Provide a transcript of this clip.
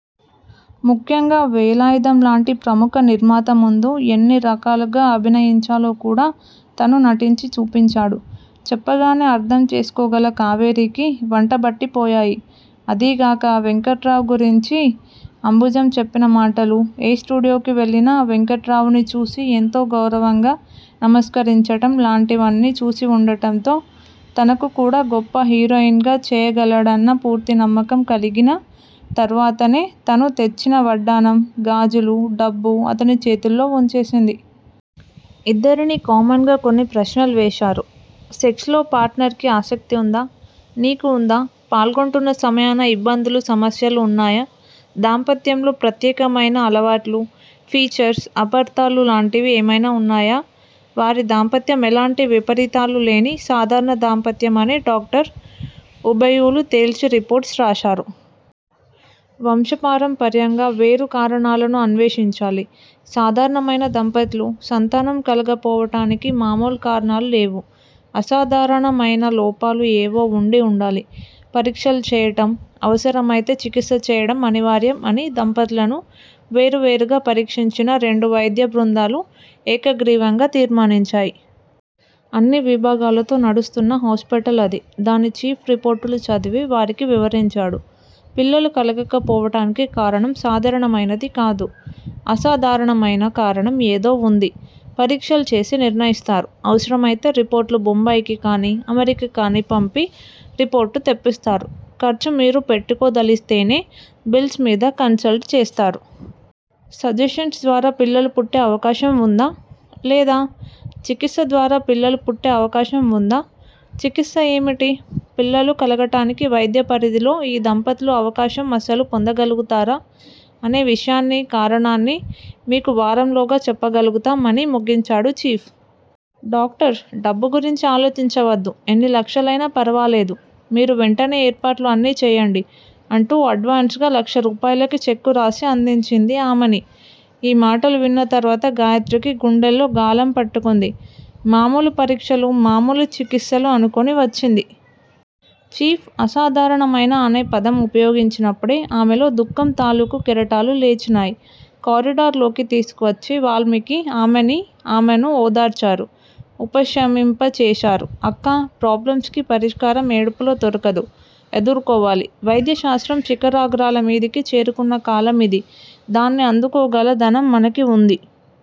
ముఖ్యంగా వేలాయుధంలాంటి ప్రముఖ నిర్మాత ముందు ఎన్ని రకాలుగా అభినయించాలో కూడా తను నటించి చూపించాడు. చెప్పగానే అర్ధం చేసుకోగల కావేరీకి వంటబట్టిపోయాయి. అదీగాక వెంకట్రావుగురించి అంబుజం చెప్పినమాటలు, ఏ స్టూడియోకి వెళ్ళినా వెంకట్రావునిచూసి ఎంతో గౌరవంగా నమస్కరించటం లాంటివన్నీ చూసివుండటంతో తననుకూడా గొప్ప హీరోయిన్ గా చేయగలడన్న పూర్తి నమ్మకం కలిగిన తరువాతనే తను తెచ్చినవడ్డాణం, గాజులు డబ్బూ అతనిచేతుల్లో వుంచేసింది. ఇద్దరిని కామన్ గా కొన్ని ప్రశ్నలు వేశారు. సెక్స్ లో పార్టనర్ కి ఆసక్తి ఉందా? నీకు ఉందా? పాల్గొంటున్న సమయాన ఇబ్బందులు సమస్యలు ఉన్నాయా? దాంపత్యంలో ప్రత్యేకమయిన అలవాట్లు, ఫీచర్స్, అపార్ధాలు లాంటివి ఏమయినా ఉన్నాయా? వారి దాంపత్యం ఎలాంటి విపరీతాలు లేని సాధారణ దాంపత్యం అని డాక్టర్స్ ఉభయులూ తేల్చి రిపోర్ట్సు రాశారు. వంశపారంపర్యంగా వేరు కారణాలను అన్వేషించాలి. సాధారణమయిన దంపతులు, సంతానం కలగపోవటానికి మాములు కారణాలు లేవు. అసాధారణ మయిన లోపాలు ఏవో వుండి ఉండాలి! పరీక్షలు చేయటం, అవసరమయితే చికిత్స చేయడం అనివార్యం అని దంపతులను వేరు వేరుగా పరీక్షించిన రెండు వైద్య బృందాలు ఏకగ్రీవంగా తీర్మానించాయి. అన్ని విభాగాలతో నడుస్తున్న హాస్పిటల్ అది. దాని చీఫ్ రిపోర్టులు చదివి వారికి వివరించాడు. పిల్లలు కలగకపోవటానికి కారణం సాధారణమయినది కాదు. అసాధారణమయిన కారణం ఏదో వుంది. పరీక్షలు చేసి నిర్ణయిస్తారు. అవసరమయితే రిపోర్టులు బొంబాయికాని అమెరికా కాని పంపి రిపోర్టు తెప్పిస్తారు. ఖర్చు మీరు పెట్టుకోదలిస్తేనే బిల్స్ మీద కన్సల్ట్ చేస్తారు. సజెషన్స్ ద్వారా పిల్లలు పుట్టే అవకాశం వుందా? లేదా? చికిత్స ద్వారా పిల్లలు పుట్టే అవకాశం వుందా? చికిత్స ఏమిటి? పిల్లలు కలగటానికి వైద్య పరిధిలో ఈ దంపతులు అవకాశం అసలు పొందగలుగుతారా? అనే విషయాన్నీ కారణాన్ని మీకు వారంలోగా చెప్పగలుగుతాం అని ముగించాడు చీఫ్. డాక్టర్! డబ్బు గురించి ఆలోచించవద్దు! ఎన్ని లక్షలయినా ఫరవాలేదు. మీరు వెంటనే ఏర్పాట్లు అన్నీ చేయండి! అంటూ అడ్వాన్స్ గా లక్షరూపాయలకు చెక్కురాసి అందించింది ఆమని! ఈ మాటలు విన్న తరువాత గాయత్రికి గుండెల్లో గాలం పట్టుకుంది. మామూలు పరీక్షలు మామూలు చికిత్సలు అనుకుని వచ్చింది. చీఫ్ అసాధారణమయిన అనే పదం ఉపయోగించినప్పుడే ఆమెలో దుఃఖం తాలూకు కెరటాలు లేచినాయి. కారిడార్ లోకి తీసుకువచ్చి వాల్మీకి ఆమని ఆమెను ఓదార్చారు. ఉపశమింపచేశారు. అక్కా! ప్రాబ్లంస్ కి పరిష్కారం ఏడుపులో దొరకదు. ఎదుర్కోవాలి! వైద్య శాస్త్రం శిఖరాగ్రాల మీదికి చేరుకున్న కాలం ఇది! దాన్ని అందుకోగల ధనం మనకు వుంది.